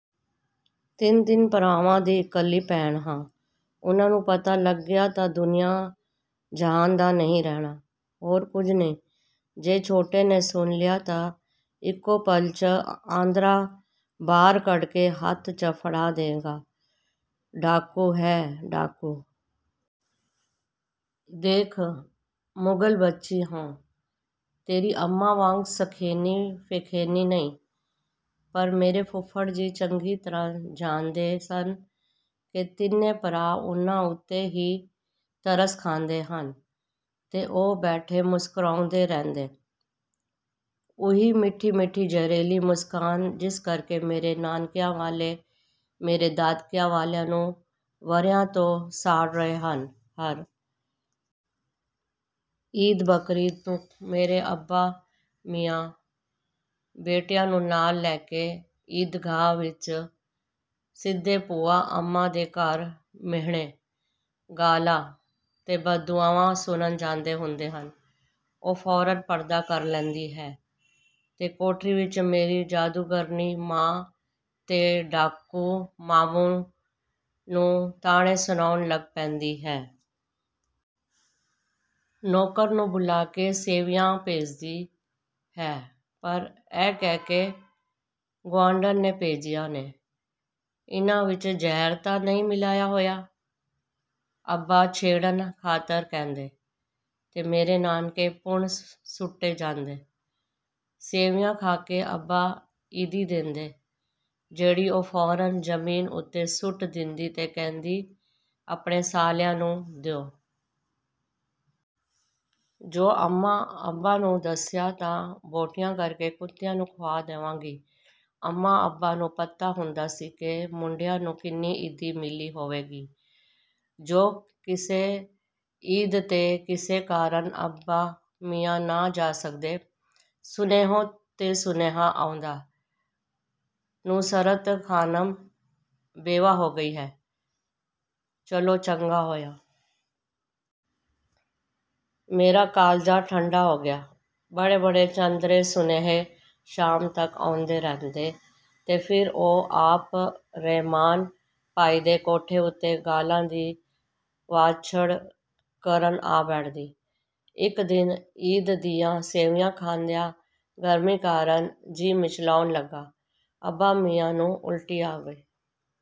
ਤਿੰਨ-ਤਿੰਨ ਭਰਾਵਾਂ ਦੀ ਇਕੱਲੀ ਭੈਣ ਹਾਂ। ਉਨ੍ਹਾਂ ਨੂੰ ਪਤਾ ਲੱਗ ਗਿਆ ਤਾਂ ਦੁਨੀਆਂ ਜਹਾਨ ਦਾ ਨਹੀਂ ਰਹਿਣਾ। ਹੋਰ ਕੁਝ ਨਹੀਂ। ਜੇ ਛੋਟੇ ਨੇ ਸੁਣ ਲਿਆ ਤਾਂ ਇੱਕੋ ਪਲ 'ਚ ਆਂਦਰਾਂ ਬਾਹਰ ਕੱਢ ਕੇ ਹੱਥ 'ਚ ਫੜਾ ਦੇਵੇਗਾ - ਡਾਕੂ ਹੈ ਡਾਕੂ। ਦੇਖ ਮੁਗ਼ਲ ਬੱਚੀ ਹਾਂ ਤੇਰੀ ਅੰਮਾਂ ਵਾਂਗ ਸ਼ੇਖਾਨੀ-ਫੇਖਾਨੀ ਨਹੀਂ।"ਪਰ ਮੇਰੇ ਫੁੱਫੜ ਜੀ ਚੰਗੀ ਤਰ੍ਹਾਂ ਜਾਣਦੇ ਸਨ ਕਿ ਤਿੰਨੇ ਭਰਾ ਉਨ੍ਹਾਂ ਉੱਤੇ ਹੀ ਤਰਸ ਖਾਂਦੇ ਹਨ ਤੇ ਉਹ ਬੈਠੇ ਮੁਸਕਰਾਉਂਦੇ ਰਹਿੰਦੇ। ਉਹੀ ਮਿੱਠੀ-ਮਿੱਠੀ ਜ਼ਹਿਰੀਲੀ ਮੁਸਕਾਨ ਜਿਸ ਕਰਕੇ ਮੇਰੇ ਨਾਨਕਿਆਂ ਵਾਲੇ ਮੇਰੇ ਦਾਦਕਿਆਂ ਵਾਲਿਆਂ ਨੂੰ ਵਰ੍ਹਿਆਂ ਤੋਂ ਸਾੜ ਰਹੇ ਹਨ। ਹਰ ਈਦ ਬਕਰੀਦ ਨੂੰ ਮੇਰੇ ਅੱਬਾ ਮੀਆਂ ਬੇਟਿਆਂ ਨੂੰ ਨਾਲ ਲੈ ਕੇ ਈਦਗਾਹ ਵਿੱਚੋਂ ਸਿੱਧੇ ਭੂਆ ਅੰਮਾਂ ਦੇ ਘਰ ਮਿਹਣੇ, ਗਾਲ੍ਹਾਂ ਤੇ ਬਦਦੁਆਵਾਂ ਸੁਣਨ ਜਾਂਦੇ ਹੁੰਦੇ ਹਨ। ਉਹ ਫੌਰਨ ਪਰਦਾ ਕਰ ਲੈਂਦੀ ਹੈ ਤੇ ਕੋਠੜੀ ਵਿੱਚੋਂ ਮੇਰੀ ਜਾਦੂਗਰਨੀ ਮਾਂ ਤੇ ਡਾਕੂ ਮਾਮੂ ਨੂੰ ਤਾਣੇ ਸੁਣਾਉਣ ਲੱਗ ਪੈਂਦੀ ਹੈ। ਨੌਕਰ ਨੂੰ ਬੁਲਾ ਕੇ ਸੈਵੀਆਂ ਭੇਜਦੀ ਹੈ ਪਰ ਇਹ ਕਹਿ ਕੇ ''ਗੁਆਂਢਣ ਨੇ ਭੇਜੀਆਂ ਨੇ।"''ਇਨ੍ਹਾਂ ਵਿੱਚ ਜ਼ਹਿਰ ਤਾਂ ਨਹੀਂ ਮਿਲਾਇਆ ਹੋਇਆ'' ਅੱਬਾ ਛੇੜਨ ਖ਼ਾਤਰ ਕਹਿੰਦੇ। ਤੇ ਮੇਰੇ ਨਾਨਕੇ ਪੁਣ ਸੁੱਟੇ ਜਾਂਦੇ। ਸੈਵੀਆਂ ਖਾ ਕੇ ਅੱਬਾ ਈਦੀ ਦਿੰਦੇ, ਜਿਹੜੀ ਉਹ ਫੌਰਨ ਜ਼ਮੀਨ ਉੱਤੇ ਸੁੱਟ ਦਿੰਦੀ ਤੇ ਕਹਿੰਦੀ, ''ਆਪਣੇ ਸਾਲਿਆਂ ਨੂੰ ਦੇ। ''ਜੇ ਅੰਮਾਂ-ਅੱਬਾ ਨੂੰ ਦੱਸਿਆ ਤਾਂ ਬੋਟੀਆਂ ਕਰ ਕੇ ਕੁੱਤਿਆਂ ਨੂੰ ਖੁਆ ਦੇਵਾਂਗੀ।" ਅੰਮਾਂ-ਅੱਬਾ ਨੂੰ ਪਤਾ ਹੁੰਦਾ ਸੀ ਕਿ ਮੁੰਡਿਆਂ ਨੂੰ ਕਿੰਨੀ ਈਦੀ ਮਿਲੀ ਹੋਵੇਗੀ। ਜੇ ਕਿਸੇ ਈਦ 'ਤੇ ਕਿਸੇ ਕਾਰਨ ਅੱਬਾ ਮੀਆਂ ਨਾ ਜਾ ਸਕਦੇ, ਸੁਨੇਹੇ 'ਤੇ ਸੁਨੇਹਾ ਆਉਂਦਾ, ''ਨੁਸਰਤ ਖ਼ਾਨਮ ਬੇਵਾ ਹੋ ਗਈ ਹੈ, ਚਲੋ ਚੰਗਾ ਹੋਇਆ। ਮੇਰਾ ਕਾਲਜਾ ਠੰਢਾ ਹੋ ਗਿਆ।" ਬੜੇ-ਬੜੇ ਚੰਦਰੇ ਸੁਨੇਹੇ ਸ਼ਾਮ ਤੱਕ ਆਉਂਦੇ ਰਹਿੰਦੇ ਤੇ ਫਿਰ ਉਹ ਆਪ ਰਹਿਮਾਨ ਭਾਈ ਦੇ ਕੋਠੇ ਉੱਤੋਂ ਗਾਲ੍ਹਾਂ ਦੀ ਵਾਛੜ ਕਰਨ ਆ ਬੈਠਦੀ। ਇੱਕ ਦਿਨ ਈਦ ਦੀਆਂ ਸੈਵੀਆਂ ਖਾਂਦਿਆਂ ਗਰਮੀ ਕਾਰਨ ਜੀਅ ਮਿਚਲਾਉਣ ਲੱਗਾ, ਅੱਬਾ ਮੀਆਂ ਨੂੰ ਉਲਟੀ ਆ ਗਈ।